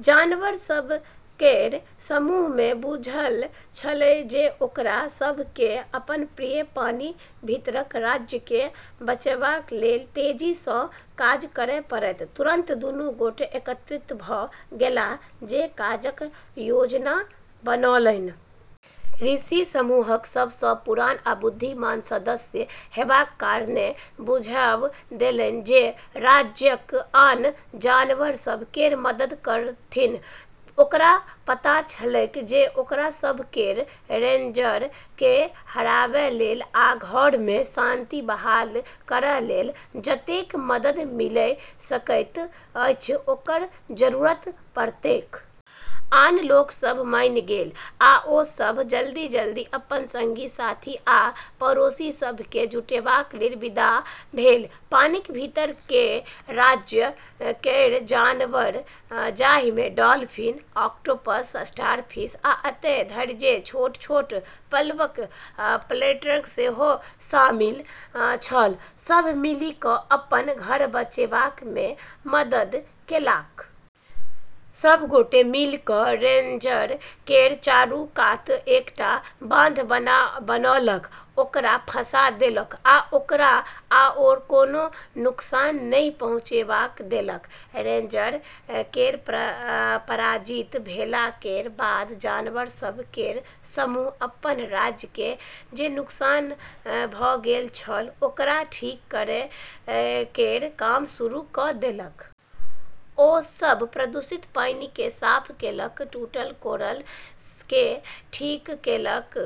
जानवर सभ केर समूह केँ बुझल छलैक जे ओकरा सभ केँ अपन प्रिय पानिक भीतरक राज्य केँ बचाबय लेल तेजी सँ काज करय पड़तैक। तुरन्त दुनू गोटे एकत्रित भऽ गेलाह जे काजक योजना बनौलनि। ऋषि समूहक सब सँ पुरान आ बुद्धिमान सदस्य हेबाक कारणेँ सुझाव देलनि जे राज्यक आन जानवर सभ केर मदद ताकथि। ओकरा पता छलैक जे ओकरा सभ केँ रेजर केँ हराबै लेल आ घर मे शांति बहाल करै लेल जतेक मदद मिलि सकैत अछि, ओकर जरूरत पड़तैक। आन लोक सभ मानि गेल, आ ओ सभ जल्दी-जल्दी अपन संगी-साथी आ पड़ोसी सभ केँ जुटेबाक लेल विदा भेल। पानिक भीतर केर राज्य केर जानवर, जाहि मे डॉल्फिन, ऑक्टोपस, स्टारफिश, आ एतय धरि जे छोट-छोट प्लवक प्लैंकटन सेहो शामिल छल, सभ मिलि कऽ अपन घर बचाबै मे मदद केलक। सभ गोटे मिलि कऽ रेजर केर चारू कात एकटा बाधा बनौलक, ओकरा फँसा देलक आ ओकरा आओर कोनो नुकसान नहि पहुँचाबै देलक। रेजर केर पराजित भेला केर बाद जानवर सभ केर समूह अपन राज्य केर जे नुकसान भऽ गेल छल ओकरा ठीक करै केर काम शुरू कऽ देलक। ओ सभ प्रदूषित पानि केँ साफ केलक, टूटल कोरल केँ ठीक केलक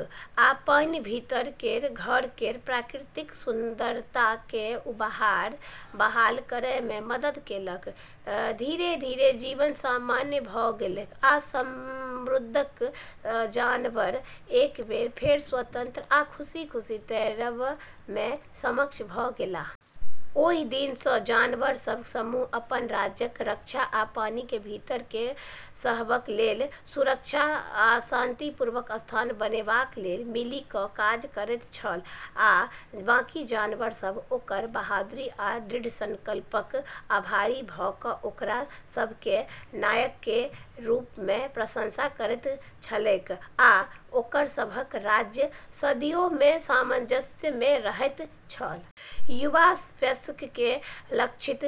आ पानिक भीतर केर घर केर प्राकृतिक सुंदरता केँ बहाल करय मे मदद केलक। धीरे-धीरे जीवन सामान्य भऽ गेलैक, आ समुद्रक जानवर एक बेर फेर स्वतंत्र आ खुशी-खुशी तैरब मे सक्षम भऽ गेलाह। ओहि दिन सँ जानवर सभ केर समूह अपन राज्यक रक्षा आ पानिक भीतरक घर केँ सबहक लेल सुरक्षित आ शांतिपूर्ण स्थान बनेबाक लेल मिलि कऽ काज करैत रहल आ बाकी जानवर सभ ओकर बहादुरी आ दृढ़ संकल्पक आभारी भऽ कऽ ओकरा सभ केँ नायक केर रूप मे प्रशंसा करैत छलैक आ ओकर सभक राज्य सदियो सँ सामंजस्य मे रहैत छल। युवा वयस्क केँ लक्षित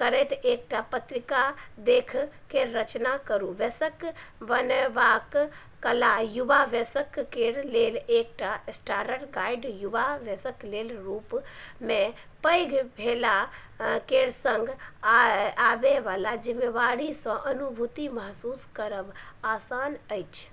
करैत एकटा पत्रिका लेख केर रचना करू। वयस्क बनबाक कला युवा वयस्क केर लेल एकटा स्टार्टर गाइड। युवा वयस्क केर रूप मे, पैघ भेला केर संग आबै बला जिम्मेदारी सँ अभिभूत महसूस करब आसान अछि।